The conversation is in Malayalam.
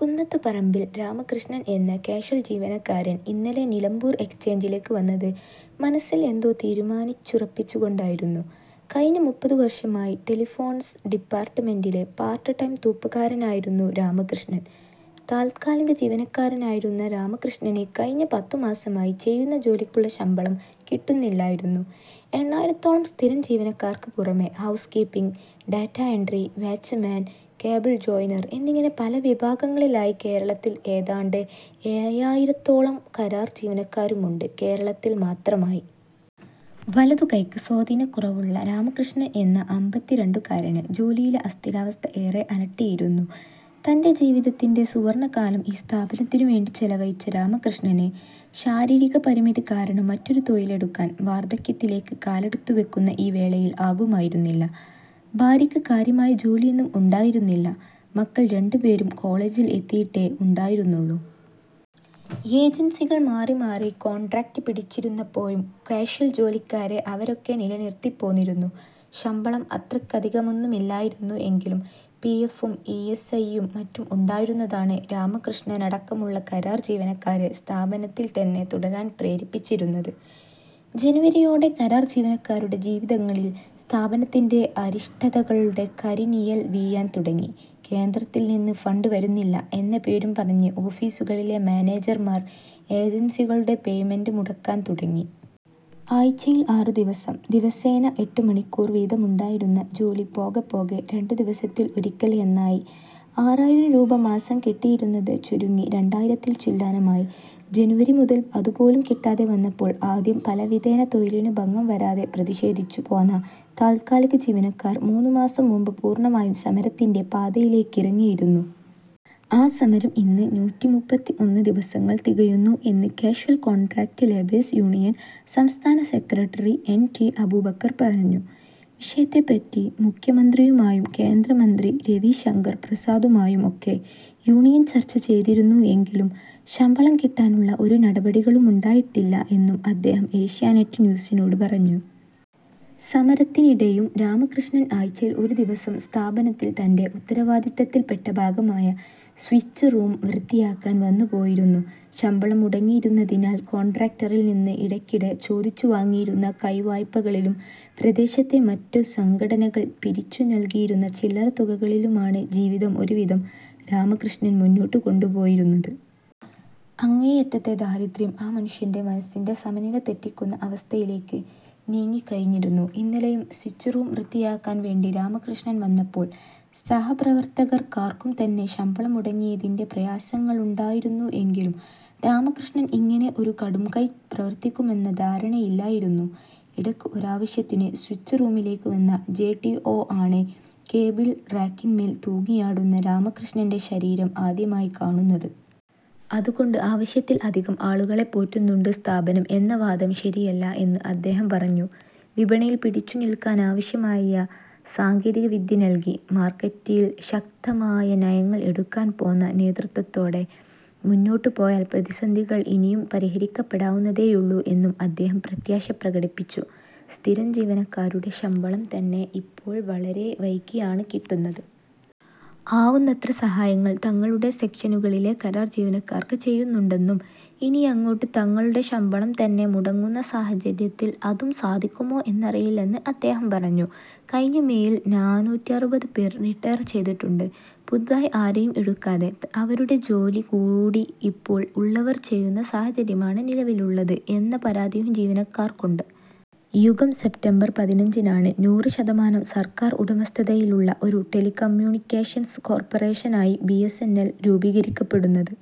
കുന്നത്തുപറമ്പിൽ രാമകൃഷ്ണൻ എന്ന കാഷ്വൽ ജീവനക്കാരൻ ഇന്നലെ നിലമ്പൂർ എക്സ്ചേഞ്ചിലെക്ക് വന്നത് മനസ്സിൽ എന്തോ തീരുമാനിച്ചുറപ്പിച്ചുകൊണ്ടായിരുന്നു. കഴിഞ്ഞ മുപ്പതുവർഷമായി ടെലിഫോൺസ് ഡിപ്പാർട്ട്മെന്റിലെ പാർട്ട് ടൈം തൂപ്പുകാരനായിരുന്നു രാമകൃഷ്ണൻ. താത്കാലിക ജീവനക്കാരനായിരുന്ന രാമകൃഷ്ണന് കഴിഞ്ഞ പത്തുമാസമായി ചെയ്യുന്ന ജോലിക്കുള്ള ശമ്പളം കിട്ടുന്നില്ലായിരുന്നു. എണ്ണായിരത്തോളം സ്ഥിരം ജീവനക്കാർക്ക് പുറമെ, housekeeping, data entry, watchman, cable joiner എന്നിങ്ങനെ പല വിഭാഗങ്ങളിലായി കേരളത്തിൽ ഏതാണ്ട് ഏഴായിരത്തോളം കരാർ ജീവനക്കാരുമുണ്ട് കേരളത്തിൽ മാത്രമായി. വലതുകൈക്ക് സ്വാധീനകുറവുള്ള രാമകൃഷ്ണൻ എന്ന അമ്പത്തിരണ്ടുകാരനെ ജോലിയിലെ അസ്ഥിരാവസ്ഥ ഏറെ അലട്ടിയിരുന്നു. തന്റെ ജീവിതത്തിന്റെ സുവർണകാലം ഈ സ്ഥാപനത്തിനുവേണ്ടി ചെലവഴിച്ച രാമകൃഷ്ണന് ശാരീരികപരിമിതി കാരണം മറ്റൊരു തൊഴിലെടുക്കാൻ വാർധക്യത്തിലേക്ക് കാലെടുത്തുവെക്കുന്ന ഈ വേളയിൽ ആകുമായിരുന്നില്ല. ഭാര്യക്ക് കാര്യമായ ജോലിയൊന്നും ഉണ്ടായിരുന്നില്ല. മക്കൾ രണ്ടുപേരും കോളേജിൽ എത്തിയിട്ടേ ഉണ്ടായിരുന്നുള്ളൂ. ഏജൻസികൾ മാറിമാറി കോൺട്രാക്ട് പിടിച്ചിരുന്നപ്പോഴും, കാഷ്വൽ ജോലിക്കാരെ അവരൊക്കെ നിലനിർത്തിപ്പോന്നിരുന്നു. ശമ്പളം അത്രയ്ക്കധികമൊന്നുമില്ലായിരുന്നു എങ്കിലും പിഎഫും ഇഎസ്ഐയും മറ്റും ഉണ്ടായിരുന്നതാണ് രാമകൃഷ്ണനടക്കമുള്ള കരാർ ജീവനക്കാരെ സ്ഥാപനത്തിൽ തന്നെ തുടരാൻ പ്രേരിപ്പിച്ചിരുന്നത്. ജനുവരിയോടെ കരാർ ജീവനക്കാരുടെ ജീവിതങ്ങളിൽ സ്ഥാപനത്തിന്റെ അരിഷ്ടതകളുടെ കരിനിഴൽ വീഴാൻ തുടങ്ങി. കേന്ദ്രത്തിൽ നിന്ന് ഫണ്ട് വരുന്നില്ല എന്ന പേരും പറഞ്ഞ് ഓഫീസുകളിലെ മാനേജർമാർ ഏജൻസികളുടെ പേയ്മെന്റ് മുടക്കാൻ തുടങ്ങി. ആഴ്ചയിൽ ആറുദിവസം, ദിവസേന എട്ടുമണിക്കൂർ വീതമുണ്ടായിരുന്ന ജോലി പോകെപ്പോകെ രണ്ടുദിവസത്തിൽ ഒരിക്കൽ എന്നായി. ആറായിരം രൂപ മാസം കിട്ടിയിരുന്നത് ചുരുങ്ങി രണ്ടായിരത്തിൽ ചില്വാനമായി. ജനുവരി മുതൽ അതുപോലും കിട്ടാതെ വന്നപ്പോൾ ആദ്യം പലവിധേന തൊഴിലിനു ഭംഗം വരാതെ പ്രതിഷേധിച്ചു പോന്ന താത്കാലിക ജീവനക്കാർ മൂന്നുമാസം മുമ്പ് പൂർണ്ണമായും സമരത്തിന്റെ പാതയിലേക്കിറങ്ങിയിരുന്നു. ആ സമരം ഇന്ന് നൂറ്റിമുപ്പത്തിഒന്ന് ദിവസങ്ങൾ തികയുന്നു എന്ന് കാഷ്വൽ കോൺട്രാക്ട് ലേബേഴ്സ് യൂണിയൻ സംസ്ഥാന സെക്രട്ടറി എൻ ടി അബൂബക്കർ പറഞ്ഞു. വിഷയത്തെപ്പറ്റി മുഖ്യമന്ത്രിയുമായും കേന്ദ്രമന്ത്രി രവീശങ്കർ പ്രസാദുമായും ഒക്കെ യൂണിയൻ ചർച്ച ചെയ്തിരുന്നു എങ്കിലും ശമ്പളം കിട്ടാനുള്ള ഒരു നടപടികളുമുണ്ടായിട്ടില്ല എന്നും അദ്ദേഹം ഏഷ്യാനെറ്റ് ന്യൂസിനോട് പറഞ്ഞു. സമരത്തിനിടെയും രാമകൃഷ്ണൻ ആഴ്ചയിൽ ഒരു ദിവസം സ്ഥാപനത്തിൽ തന്റെ ഉത്തരവാദിത്തത്തിൽ പെട്ട ഭാഗമായ സ്വിച്ച് റൂം വൃത്തിയാക്കാൻ വന്നുപോയിരുന്നു. ശമ്പളം മുടങ്ങിയിരുന്നതിനാൽ കോൺട്രാക്ടറിൽ നിന്ന് ഇടയ്ക്കിടെ ചോദിച്ചുവാങ്ങിയിരുന്ന കൈവായ്പകളിലും, പ്രദേശത്തെ മറ്റു സംഘടനകൾ പിരിച്ചു നൽകിയിരുന്ന ചില്ലറ തുകകളിലുമാണ് ജീവിതം ഒരുവിധം രാമകൃഷ്ണൻ മുന്നോട്ടു കൊണ്ടുപോയിരുന്നത്. അങ്ങേയറ്റത്തെ ദാരിദ്ര്യം ആ മനുഷ്യന്റെ മനസ്സിന്റെ സമനില തെറ്റിക്കുന്ന അവസ്ഥയിലേക്ക് നീങ്ങിക്കഴിഞ്ഞിരുന്നു. ഇന്നലെയും സ്വിച്ച് റൂം വൃത്തിയാക്കാൻ വേണ്ടി രാമകൃഷ്ണൻ വന്നപ്പോൾ സഹപ്രവർത്തകർക്കാർക്കും തന്നെ, ശമ്പളം മുടങ്ങിയതിന്റെ പ്രയാസങ്ങളുണ്ടായിരുന്നു എങ്കിലും രാമകൃഷ്ണൻ ഇങ്ങനെ ഒരു കടുംകൈ പ്രവർത്തിക്കുമെന്ന ധാരണയില്ലായിരുന്നു. ഇടക്ക് ഒരാവശ്യത്തിന് സ്വിച്ച് റൂമിലേക്ക് വന്ന ജെടിഓ ആണ് കേബിൾ റാക്കിന്മേൽ തൂങ്ങിയാടുന്ന രാമകൃഷ്ണന്റെ ശരീരം ആദ്യമായി കാണുന്നത്. അതുകൊണ്ട് ആവശ്യത്തിൽ അധികം ആളുകളെപ്പോറ്റുന്നുണ്ട് സ്ഥാപനം എന്ന വാദം ശരിയല്ല എന്ന് അദ്ദേഹം പറഞ്ഞു. വിപണിയിൽ പിടിച്ചു നിൽക്കാനാവശ്യമായ സാങ്കേതിക വിദ്യ നൽകി, മാർക്കറ്റിൽ ശക്തമായ നയങ്ങൾ എടുക്കാൻ പോന്ന നേതൃത്വത്തോടെ മുന്നോട്ടുപോയാൽ പ്രതിസന്ധികൾ ഇനിയും പരിഹരിക്കപ്പെടാവുന്നതേയുള്ളൂ എന്നും അദ്ദേഹം പ്രത്യാശ പ്രകടിപ്പിച്ചു. സ്ഥിരം ജീവനക്കാരുടെ ശമ്പളം തന്നെ ഇപ്പോൾ വളരെ വൈകിയാണ് കിട്ടുന്നത്. ആവുന്നത്ര സഹായങ്ങൾ തങ്ങളുടെ സെക്ഷനുകളിലെ കരാർ ജീവനക്കാർക്ക് ചെയ്യുന്നുണ്ടെന്നും, ഇനിയങ്ങോട്ട് തങ്ങളുടെ ശമ്പളം തന്നെ മുടങ്ങുന്ന സാഹചര്യത്തിൽ അതും സാധിക്കുമോ എന്നറിയില്ലെന്ന് അദ്ദേഹം പറഞ്ഞു. കഴിഞ്ഞ മെയിൽ നാനാറ്റിഅറുപത് പേർ റീട്ടയർ ചെയ്തിട്ടുണ്ട്. പുതുതായി ആരെയും എടുക്കാതെ അവരുടെ ജോലി കൂടി ഇപ്പോൾ ഉള്ളവർ ചെയ്യുന്ന സാഹചര്യമാണ് നിലവിലുള്ളത് എന്ന പരാതിയും ജീവനക്കാർക്കുണ്ട്.. യുഗം സെപ്റ്റംബർ പതിനഞ്ചിനാണ് നൂറ് ശതമാനം സർക്കാർ ഉടമസ്ഥതയിലുള്ള ഒരു ടെലികമ്യൂണിക്കേഷൻസ് കോർപ്പറേഷനായി ബിഎസ്എൻഎൽ രൂപീകരിക്കപ്പെടുന്നത്.